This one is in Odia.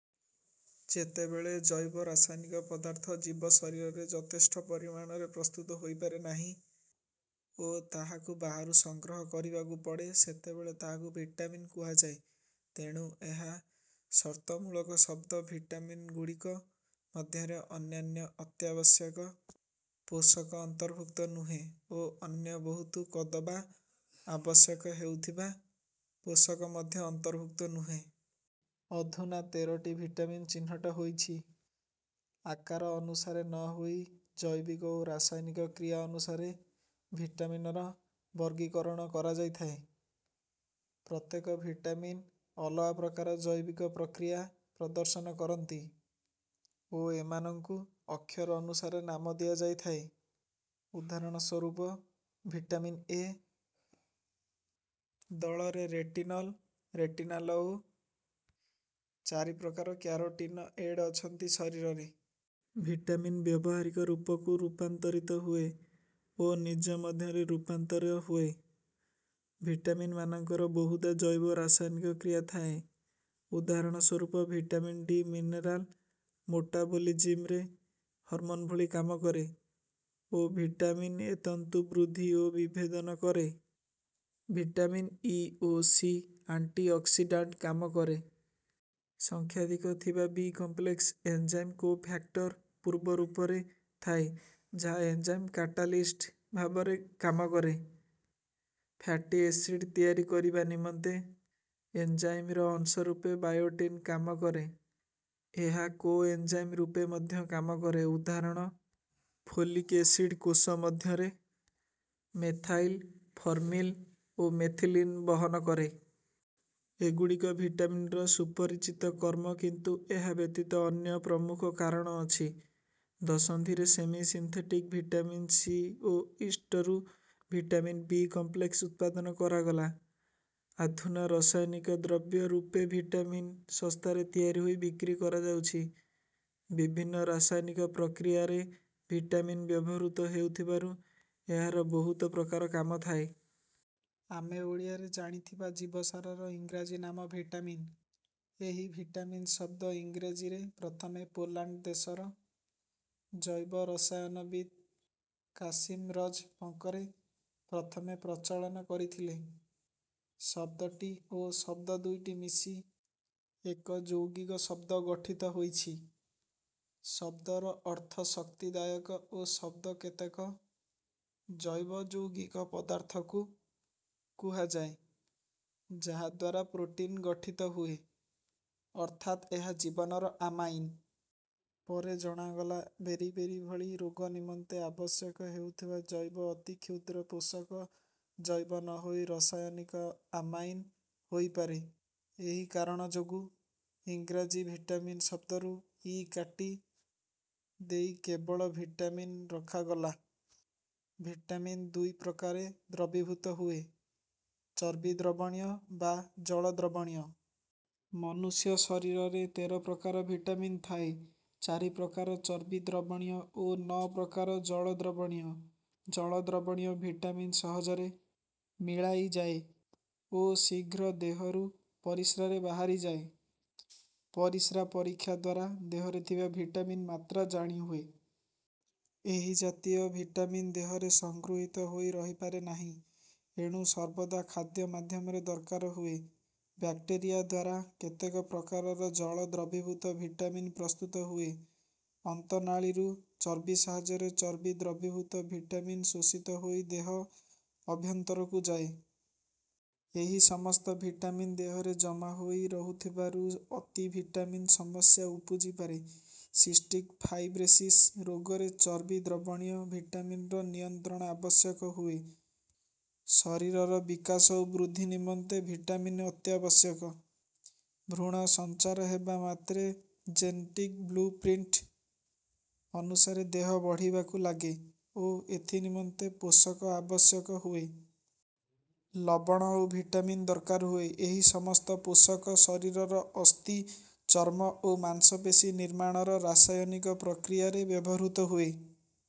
ଯେତେବେଳେ ଜୈବ ରାସାୟନିକ ପଦାର୍ଥ ଜୀବ ଶରୀରରେ ଯଥେଷ୍ଟ ପରିମାଣରେ ପ୍ରସ୍ତୁତ ହୋଇପାରେ ନାହିଁ ଓ ତାହାକୁ ବାହାରୁ ସଂଗ୍ରହ କରିବାକୁ ପଡ଼େ, ସେତେବେଳେ ତାହାକୁ ଭିଟାମିନ୍ କୁହାଯାଏ। ତେଣୁ ଏହା ସର୍ତ୍ତମୂଳକ ଶବ୍ଦ। ଭିଟାମିନ୍‌ଗୁଡ଼ିକ ମଧ୍ୟରେ ଅନ୍ୟାନ୍ୟ ଅତ୍ୟାବଶ୍ୟକ ପୋଷକ ଅନ୍ତର୍ଭୁକ୍ତ ନୁହେଁ ଓ ଅନ୍ୟ ବହୁତ କଦବା ଆବଶ୍ୟକ ହେଉଥିବା ପୋଷକ ମଧ୍ୟ ଅନ୍ତର୍ଭୁକ୍ତ ନୁହେଁ। ଅଧୁନା ତେର ଟି ଭିଟାମିନ୍ ଚିହ୍ନଟ ହୋଇଛି। ଆକାର ଅନୁସାରେ ନ ହୋଇ ଜୈବିକ ଓ ରାସାୟନିକ କ୍ରିୟା ଅନୁସାରେ ଭିଟାମିନର ବର୍ଗୀକରଣ କରାଯାଇଥାଏ। ପ୍ରତ୍ୟେକ ଭିଟାମିନ୍ ଅଲଗା ପ୍ରକାର ଜୈବିକ ପ୍ରକ୍ରିୟା ପ୍ରଦର୍ଶନ କରନ୍ତି ଓ ଏମାନଙ୍କୁ ଅକ୍ଷର ଅନୁସାରେ ନାମ ଦିଆଯାଇଥାଏ। ଉଦାହରଣ ସ୍ୱରୂପ: ଭିଟାମିନ୍ 'ଏ' ଦଳରେ ରେଟିନଲ, ରେଟିନାଲ ଓ ଚାରି ପ୍ରକାର କ୍ୟାରୋଟିନଏଡ୍ ଅଛନ୍ତି। ଶରୀରରେ ଭିଟାମିନ୍ ବ୍ୟବହାରିକ ରୂପକୁ ରୂପାନ୍ତରିତ ହୁଏ ଓ ନିଜ ମଧ୍ୟରେ ରୂପାନ୍ତର ହୁଏ। ଭିଟାମିନ୍‌ମାନଙ୍କର ବହୁଧା ଜୈବ-ରାସାୟନିକ କ୍ରିୟା ଥାଏ। ଉଦାହରଣ ସ୍ୱରୂପ: ଭିଟାମିନ୍-ଡି ମିନେରାଲ୍ ମେଟାବୋଲିଜିମ୍‌ରେ ହରମୋନ୍ ଭଳି କାମ କରେ ଓ ଭିଟାମିନ୍-ଏ ତନ୍ତୁ ବୃଦ୍ଧି ଓ ବିଭେଦନ କରେ। ଭିଟାମିନ୍-ଇ ଓ ସି ଆଣ୍ଟି-ଅକ୍ସିଡାଣ୍ଟ କାମ କରେ। ସଂଖ୍ୟାଧିକ ଥିବା ବି-କମ୍ପ୍ଲେକ୍ସ ଏଞ୍ଜାଇମ୍ କୋ-ଫ୍ୟାକ୍ଟର ପୂର୍ବ ରୂପରେ ଥାଏ, ଯାହା ଏଞ୍ଜାଇମ୍ କାଟାଲିଷ୍ଟ ଭାବରେ କାମ କରେ। ଫ୍ୟାଟି ଏସିଡ୍ ତିଆରି କରିବା ନିମନ୍ତେ ଏଞ୍ଜାଇମ୍‌ର ଅଂଶ ରୂପେ ବାୟୋଟିନ୍ କାମ କରେ। ଏହା କୋ-ଏଞ୍ଜାଇମ୍ ରୂପେ ମଧ୍ୟ କାମ କରେ, ଉଦାହରଣ: ଫୋଲିକ୍ ଏସିଡ୍ କୋଷ ମଧ୍ୟରେ ମେଥାଇଲ୍, ଫର୍ମିଲ୍ ଓ ମେଥିଲିନ୍ ବହନ କରେ। ଏଗୁଡ଼ିକ ଭିଟାମିନର ସୁପରିଚିତ କର୍ମ, କିନ୍ତୁ ଏହା ବ୍ୟତୀତ ଅନ୍ୟ ପ୍ରମୁଖ କାରଣ ଅଛି। ଦଶନ୍ଧିରେ ସେମି-ସିନ୍ଥେଟିକ୍ ଭିଟାମିନ୍-ସି ଓ ଇଷ୍ଟ୍‌ରୁ ଭିଟାମିନ୍ ବି-କମ୍ପ୍ଲେକ୍ସ୍ ଉତ୍ପାଦନ କରାଗଲା। ଆଧୁନା ରାସାୟନିକ ଦ୍ରବ୍ୟ ରୂପେ ଭିଟାମିନ୍ ଶସ୍ତାରେ ତିଆରି ହୋଇ ବିକ୍ରି କରାଯାଉଛି। ବିଭିନ୍ନ ରାସାୟନିକ ପ୍ରକ୍ରିୟାରେ ଭିଟାମିନ୍ ବ୍ୟବହୃତ ହେଉଥିବାରୁ ଏହାର ବହୁତ ପ୍ରକାର କାମ ଥାଏ। ଆମେ ଓଡ଼ିଆରେ ଜାଣିଥିବା ଜୀବସାରର ଇଂରାଜୀ ନାମ ଭିଟାମିନ୍। ଏହି ଭିଟାମିନ୍ ଶବ୍ଦ ଇଂରାଜୀରେ ପ୍ରଥମେ ପୋଲାଣ୍ଡ ଦେଶର ଜୈବ-ରସାୟନବିତ୍ କାସିମିରଜ୍ ଫଙ୍କ ରେ ପ୍ରଥମେ ପ୍ରଚଳନ କରିଥିଲେ। ଶବ୍ଦଟି ଓ ଶବ୍ଦ ଦୁଇଟି ମିଶି ଏକ ଯୌଗିକ ଶବ୍ଦ ଗଠିତ ହୋଇଛି। ଶବ୍ଦର ଅର୍ଥ ଶକ୍ତିଦାୟକ ଓ ଶବ୍ଦ କେତେକ ଜୈବ ଯୌଗିକ ପଦାର୍ଥକୁ କୁହାଯାଏ, ଯାହାଦ୍ୱାରା ପ୍ରୋଟିନ୍ ଗଠିତ ହୁଏ, ଅର୍ଥାତ୍ ଏହା ଜୀବନର ଆମାଇନ୍। ପରେ ଜଣାଗଲା ବେରି-ବେରି ଭଳି ରୋଗ ନିମନ୍ତେ ଆବଶ୍ୟକ ହେଉଥିବା ଜୈବ ଅତି କ୍ଷୁଦ୍ର ପୋଷକ ଜୈବ ନ ହୋଇ ରାସାୟନିକ ଆମାଇନ୍ ହୋଇପାରେ। ଏହି କାରଣ ଯୋଗୁ ଇଂରାଜୀ ଭିଟାମିନ୍ ଶବ୍ଦରୁ ଇ କାଟି ଦେଇ କେବଳ ଭିଟାମିନ୍ ରଖାଗଲା। ଭିଟାମିନ୍ ଦୁଇ ପ୍ରକାରେ ଦ୍ରବୀଭୂତ ହୁଏ: ଚର୍ବି ଦ୍ରବଣୀୟ ବା ଜଳ ଦ୍ରବଣୀୟ। ମନୁଷ୍ୟ ଶରୀରରେ ତେର ପ୍ରକାର ଭିଟାମିନ୍ ଥାଏ ଚାରି ପ୍ରକାର ଚର୍ବି ଦ୍ରବଣୀୟ ଓ ନଅ ପ୍ରକାର ଜଳ ଦ୍ରବଣୀୟ। ଜଳ ଦ୍ରବଣୀୟ ଭିଟାମିନ୍ ସହଜରେ ମିଳାଇ ଯାଏ ଓ ଶୀଘ୍ର ଦେହରୁ ପରିସ୍ରାରେ ବାହାରି ଯାଏ। ପରିସ୍ରା ପରୀକ୍ଷା ଦ୍ୱାରା ଦେହରେ ଥିବା ଭିଟାମିନ୍ ମାତ୍ରା ଜାଣି ହୁଏ। ଏହି ଜାତୀୟ ଭିଟାମିନ୍ ଦେହରେ ସଂଗୃହୀତ ହୋଇ ରହିପାରେ ନାହିଁ, ଏଣୁ ସର୍ବଦା ଖାଦ୍ୟ ମାଧ୍ୟମରେ ଦରକାର ହୁଏ। ବ୍ୟାକ୍ଟେରିଆ ଦ୍ୱାରା କେତେକ ପ୍ରକାରର ଜଳ ଦ୍ରବୀଭୂତ ଭିଟାମିନ୍ ପ୍ରସ୍ତୁତ ହୁଏ। ଅନ୍ତନାଳୀରୁ ଚର୍ବି ସାହାଯ୍ୟରେ ଚର୍ବି ଦ୍ରବୀଭୂତ ଭିଟାମିନ୍ ଶୋଷିତ ହୋଇ ଦେହ ଅଭ୍ୟନ୍ତରକୁ ଯାଏ। ଏହି ସମସ୍ତ ଭିଟାମିନ୍ ଦେହରେ ଜମା ହୋଇ ରହୁଥିବାରୁ ଅତି ଭିଟାମିନ୍ ସମସ୍ୟା ଉପୁଜି ପାରେ। ସିଷ୍ଟିକ୍ ଫାଇବ୍ରୋସିସ୍ ରୋଗରେ ଚର୍ବି ଦ୍ରବଣୀୟ ଭିଟାମିନର ନିୟନ୍ତ୍ରଣ ଆବଶ୍ୟକ ହୁଏ। ଶରୀରର ବିକାଶ ଓ ବୃଦ୍ଧି ନିମନ୍ତେ ଭିଟାମିନ୍ ଅତ୍ୟାବଶ୍ୟକ। ଭ୍ରୂଣ ସଞ୍ଚାର ହେବା ମାତ୍ରେ ଜେନେଟିକ୍ ବ୍ଲୁ-ପ୍ରିଣ୍ଟ୍ ଅନୁସାରେ ଦେହ ବଢ଼ିବାକୁ ଲାଗେ ଓ ଏଥି ନିମନ୍ତେ ପୋଷକ ଆବଶ୍ୟକ ହୁଏ। ଲବଣ ଓ ଭିଟାମିନ୍ ଦରକାର ହୁଏ। ଏହି ସମସ୍ତ ପୋଷକ ଶରୀରର ଅସ୍ଥି, ଚର୍ମ ଓ ମାଂସପେଶୀ ନିର୍ମାଣର ରାସାୟନିକ ପ୍ରକ୍ରିୟାରେ ବ୍ୟବହୃତ ହୁଏ।